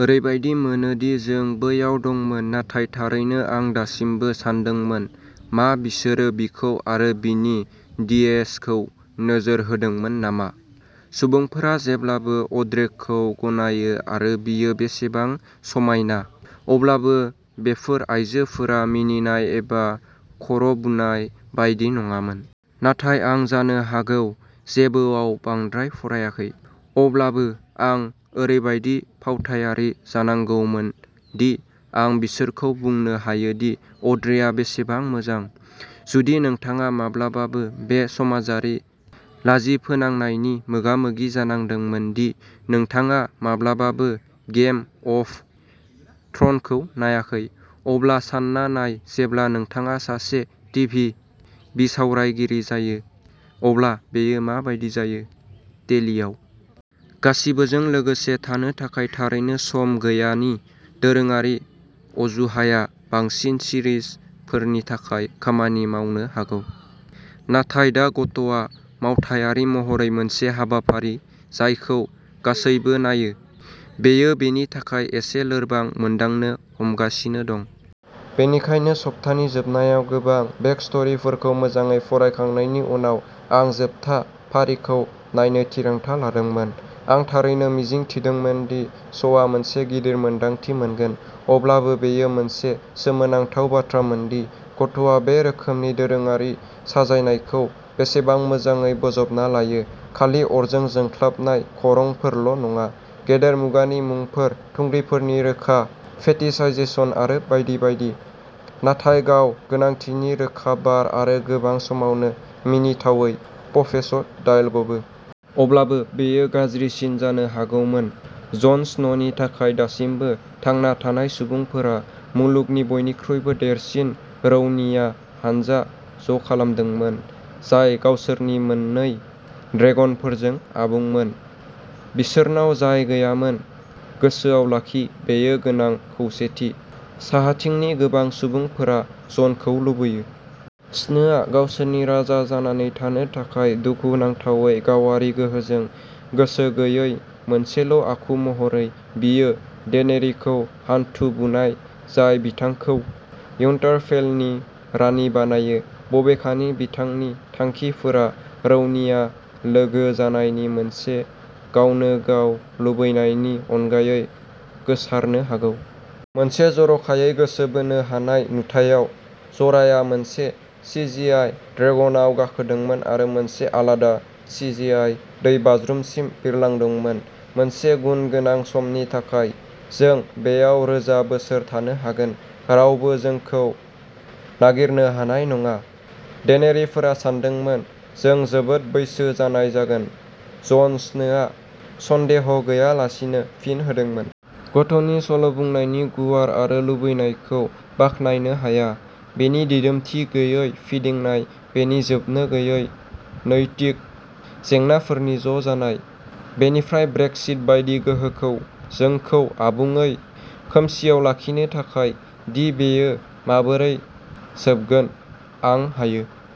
ओरैबायदि मोनो दि जों बैयाव दंमोन, नाथाय थारैनो आं दासिमबो सानदोंमोन... मा बिसोरो बिखौ आरो बिनि डिएसखौ नोजोर होदोंमोन नामा? सुबुंफोरा जेब्लाबो अड्रेखौ गनायो आरो बियो बेसेबां समायना, अब्लाबो बेफोर आइजोफोरा मिनिनाय एबा खर'बुनाय बायदि नङामोन... नाथाय आं जानो हागौ जेबोआव बांद्राय फरायाखै। अब्लाबो, आं ओरैबायदि फावथायारि जानांगौमोन दि आं बिसोरखौ बुंनो हायोदि अड्रेआ बेसेबां मोजां! जुदि नोंथाङा माब्लाबाबो बे समाजारि लाजिफोनांनायनि मोगा-मोगि जानांदोंमोन दि नोंथाङा माब्लाबाबो गेम अफ थ्र'न्स खौ नायाखै, अब्ला सानना नाय जेब्ला नोंथाङा सासे टिभि बिसावरायगिरि जायो, अब्ला बेयो मा बायदि जायो।'टेलिआव गासिबोजों लोगोसे थानो थाखाय थारैनो सम गैया'नि दोरोङारि अजुहाया बांसिन सिरिजफोरनि थाखाय खामानि मावनो हागौ। नाथाय दा ग'टआ मावख'आरि महरै मोनसे हाबाफारि जायखौ गासैबो नायो, बेयो बेनि थाखाय एसे लोरबां मोनदांनो हमगासिनो दं। बेनिखायनो, सप्तानि जोबनायाव गोबां बेकस्ट'रिफोरखौ मोजाङै फरायखांनायनि उनाव, आं जोबथा फारिखौ नायनो थिरांथा लादोंमोन। आं थारैनो मिजिं थिदोंमोन दि श'आ मोनसे गिदिर मोनदांथि मोनगोन। अब्लाबो, बेयो मोनसे सोमोनांथाव बाथ्रामोन दि ग'टआ बे रोखोमनि दोरोङारि साजायनायखौ बेसेबां मोजाङै बोजबना लायोः खालि अरजों जोंख्लाबनाय खरंफोरल'नङा, गेजेर मुगानि मुंफोर, थुंग्रिफोरनि रोखा फेटिशाइजेशन आरो बायदि बायदि, नाथाय गाव-गोनांथिनि रोखा बार आरो गोबां समावनो मिनिथावै प'- फेसड डायलगबो। अब्लाबो, बेयो गाज्रिसिन जानो हागौमोन। जन स्न'नि थाखाय, दासिमबो थांना थानाय सुबुंफोरा'मुलुगनि बयनिख्रुइबो देरसिन रौनिया हानजा'ज'खालामदोंमोन, जाय गावसोरनि मोननै ड्रेगनफोरजों आबुंमोन। बिसोरनाव जाय गैयामोन, गोसोआव लाखि, बेयो गोनां खौसेथि। साहाथिंनि गोबां सुबुंफोरा जनखौ लुबैयो। स्नोआ गावसोरनि राजा जानानै थानो थाखाय। दुखुनांथावै, गावारि गोहोजों गोसो गैयै मोनसेल'आखु महरै, बियो डेनेरिखौ'हान्थु बुनाय ', जाय बिथांखौ उइन्टारफेलनि रानि बानायो-बबेखानि बिथांनि थांखिफोरा रौनिया लोगो जानायनि मोनसे गावनोगाव लुबैनायनि अनगायै गोसारनो हागौ। मोनसे जर'खायै गोसो बोनो हानाय नुथायाव, जराया मोनसे सिजिआइ ड्रेगनआव गाखोदोंमोन आरो मोनसे आलादा सिजिआइ दैबाज्रुमसिम बिरलांदोंमोन मोनसे गुनगोनां समनि थाखाय।'जों बेयाव रोजा बोसोर थानो हागोन। रावबो जोंखौ नागिरनो हानाय नङा,'डेनेरिफोरा सानदोंमोन।'जों जोबोद बैसो जानाय जागोन,'जन स्नोआ सन्देह गैयालासेनो फिन होदोंमोन। ग'टनि सल'बुंनायनि गुवार आरो लुबैनायखौ बाख्नायनो हायाः बेनि दिदोमथि गैयै फिदिंनाय, बेनि जोबनो गैयै नैतिक जेंनाफोरनि ज'जानाय, बेनि फ्राय ब्रेक्सिट बायदि गोहोखौ जोंखौ आबुङै खोमसिआव लाखिनो थाखाय दि बेयो माबोरै जोबगोन। आं हायो।